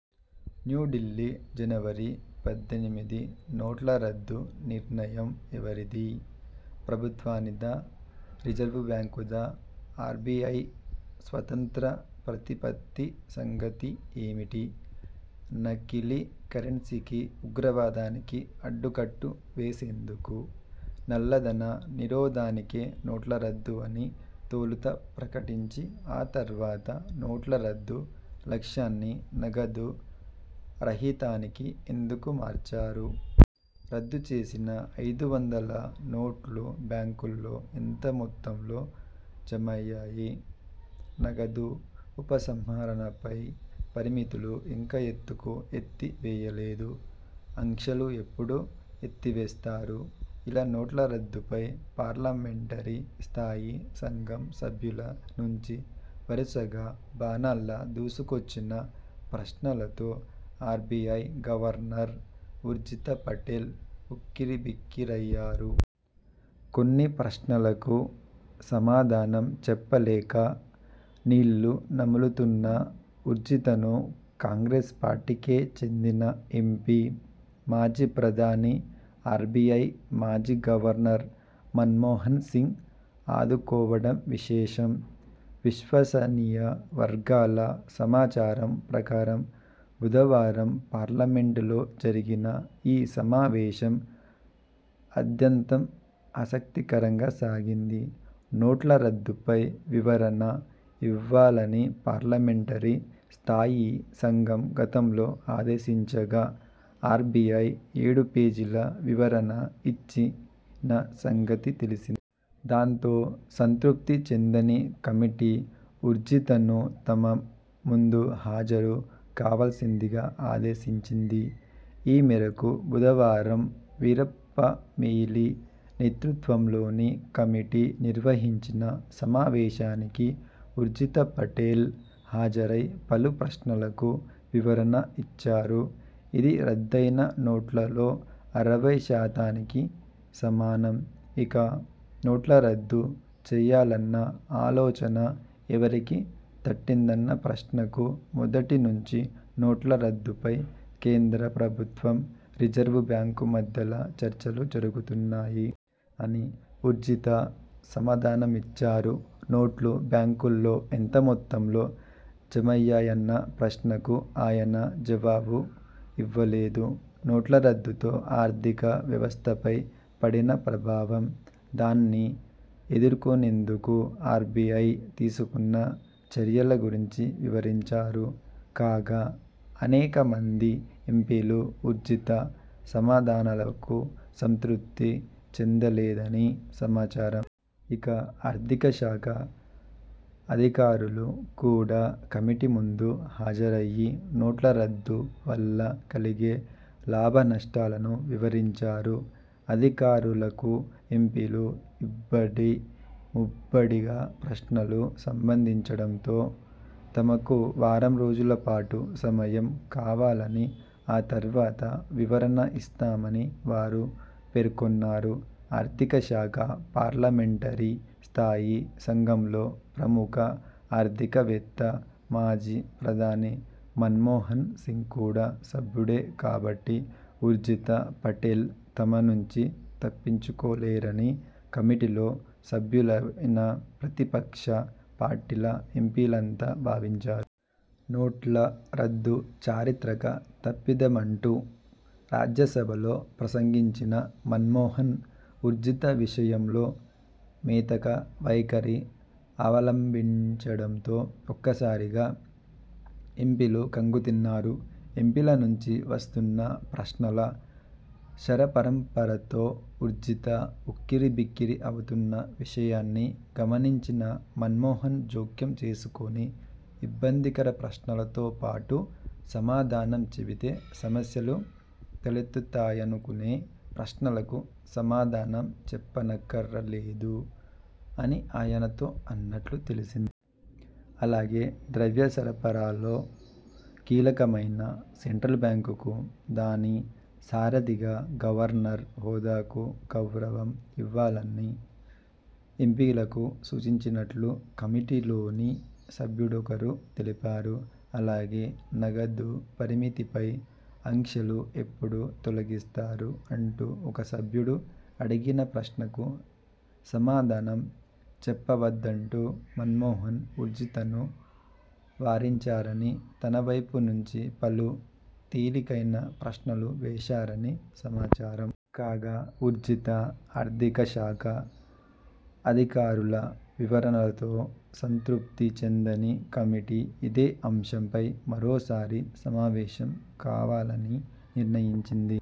న్యూఢిల్లీ, జనవరి పద్దెనిమిది నోట్ల రద్దు నిర్ణయం ఎవరిది? ప్రభుత్వానిదా? రిజర్వుబ్యాంకుదా? ఆర్బీఐ స్వతంత్ర ప్రతిపత్తి సంగతి ఏమిటి? నకిలీ కరెన్సీకి, ఉగ్రవాదానికి అడ్డుకట్ట వేసేందుకు, నల్లధన నిరోధానికే నోట్ల రద్దు అని తొలుత ప్రకటించి ఆ తర్వాత నోట్ల రద్దు లక్ష్యాన్ని నగదు రహితానికి ఎందుకు మార్చారు? రద్దు చేసిన ఐదు వందల నోట్లు బ్యాంకుల్లో ఎంత మొత్తంలో జమయ్యాయి? నగదు ఉపసంహరణలపై పరిమితులు ఇంకా ఎందుకు ఎత్తి వేయలేదు? ఆంక్షలు ఎప్పుడు ఎత్తివేస్తారు? ఇలా నోట్ల రద్దు పై పార్లమెంటరీ స్థాయీ సంఘం సభ్యుల నుంచి వరుసగా బాణాల్లా దూసుకొచ్చిన ప్రశ్నలతో ఆర్బీఐ గవర్నర్ ఉర్జిత పటేల్ ఉక్కిరిబిక్కిరయ్యారు. కొన్ని ప్రశ్నలకు సమాధానం చెప్పలేక నీళ్లు నములుతున్న ఉర్జితను కాంగ్రెస్ పార్టీకే చెందిన ఎంపీ, మాజీ ప్రధాని, ఆర్బీఐ మాజీ గవర్నర్ మన్మోహన్ సింగ్ ఆదుకోవడం విశేషం! విశ్వసనీయ వర్గాల సమాచారం ప్రకారం బుధవారం పార్లమెంటులో జరిగిన ఈ సమావేశం ఆద్యంతం ఆసక్తికరంగా సాగింది. నోట్ల రద్దుపై వివరణ ఇవ్వాలని పార్లమెంటరీ స్థాయీ సంఘం గతంలో ఆదేశించగా ఆర్బీఐ ఏడు పేజీల వివరణ ఇచ్చిన సంగతి తెలిసిందే. దాంతో సంతృప్తి చెందని కమిటీ ఉర్జితను తమ ముందు హాజరు కావాల్సిందిగా ఆదేశించింది. ఈమేరకు బుధవారం వీరప్ప మొయిలీ నేతృత్వంలోని కమిటీ నిర్వహించిన సమావేశానికి ఉర్జిత పటేల్ హాజరై పలు ప్రశ్నలకు వివరణ ఇచ్చారు. ఇది రద్దయిన నోట్లలో అరవై శాతానికి సమానం. ఇక, నోట్ల రద్దు చేయాలన్న ఆలోచన ఎవరికి తట్టిందన్న ప్రశ్నకు '' మొదటి నుంచి నోట్ల రద్దుపై కేంద్ర ప్రభుత్వం, రిజర్వు బ్యాంకు మధ్యల చర్చలు జరుగుతున్నాయి. '' అని ఉర్జిత సమాధానమిచ్చారు. నోట్లు బ్యాంకుల్లో ఎంత మొత్తంలో జమయ్యాయన్న ప్రశ్నకు ఆయన జవాబు ఇవ్వలేదు. నోట్ల రద్దుతో ఆర్థిక వ్యవస్థపై పడిన ప్రభావం, దాన్ని ఎదుర్కొనేందుకు ఆర్బీఐ తీసుకున్న చర్యల గురించి వివరించారు. కాగా అనేక మంది ఎంపీలు ఉర్జిత సమాధానాలకు సంతృప్తి చెందలేదని సమాచారం. ఇక ఆర్థిక శాఖ అధికారులు కూడా కమిటీ ముందు హాజరయ్యి నోట్ల రద్దు వల్ల కలిగే లాభనష్టాలను వివరించారు. అధికారులకు ఎంపీలు ఇబ్బడి ముబ్బడిగా ప్రశ్నలు సంధించడంతో తమకు వారం రోజుల పాటు సమయం కావాలని, ఆ తర్వాత వివరణ ఇస్తామని వారు పేర్కొన్నారు. ఆర్థిక శాఖ పార్లమెంటరీ స్థాయీ సంఘంలో ప్రముఖ ఆర్థిక వేత్త, మాజీ ప్రధాని మన్మోహన్ సింగ్ కూడా సభ్యుడే కాబట్టి ఉర్జిత పటేల్ తమ నుంచి తప్పించుకోలేరని కమిటీలో సభ్యులైన ప్రతిపక్ష పార్టీల ఎంపీలంతా భావించారు. నోట్ల రద్దు చారిత్రక తప్పిదమంటూ రాజ్యసభలో ప్రసంగించిన మన్మోహన్ ఉ ర్జిత విషయంలో మెతక వైఖరి అవలంభించడంతో ఒక్కసారిగా ఎంపీలు ఖంగుతిన్నారు. ఎంపీల నుంచి వస్తున్న ప్రశ్నల శరపరంపరతో ఉర్జిత ఉక్కిరిబిక్కిరి అవుతున్న విషయాన్ని గమనించిన మన్మోహన్ జోక్యం చేసుకొని ''ఇబ్బందికర ప్రశ్నలతో పాటు సమాధానం చెబితే సమస్యలు తలెత్తుతాయనుకునే ప్రశ్నలకు సమాధానం చెప్పనక్కరలేదు '' అని ఆయనతో అన్నట్లు తెలిసింది. అలాగే ద్రవ్యసరఫరాలో కీలకమైన సెంట్రల్ బ్యాంకుకు, దాని సారథిగా గవర్నర్ హోదాకు గౌరవం ఇవ్వాలని ఎంపీలకు సూచించినట్టు కమిటీలోని సభ్యుడొకరు తెలిపారు. అలాగే 'నగదు పరిమితిపై ఆంక్షలు ఎప్పుడు తొలగిస్తారు' అంటూ ఒక సభ్యుడు అడిగిన ప్రశ్నకు సమాధానం చెప్పవద్దంటూ మన్మోహన్ ఉర్జితను వారించారని తనవైపు నుంచి పలు తేలికైన ప్రశ్నలు వేశారని సమాచారం. కాగా ఉర్జిత, ఆర్థిక శాఖ అధికారుల వివరణలతో సంతృప్తి చెందని కమిటీ ఇదే అంశంపై మరోసారి సమావేశం కావాలని నిర్ణయించింది.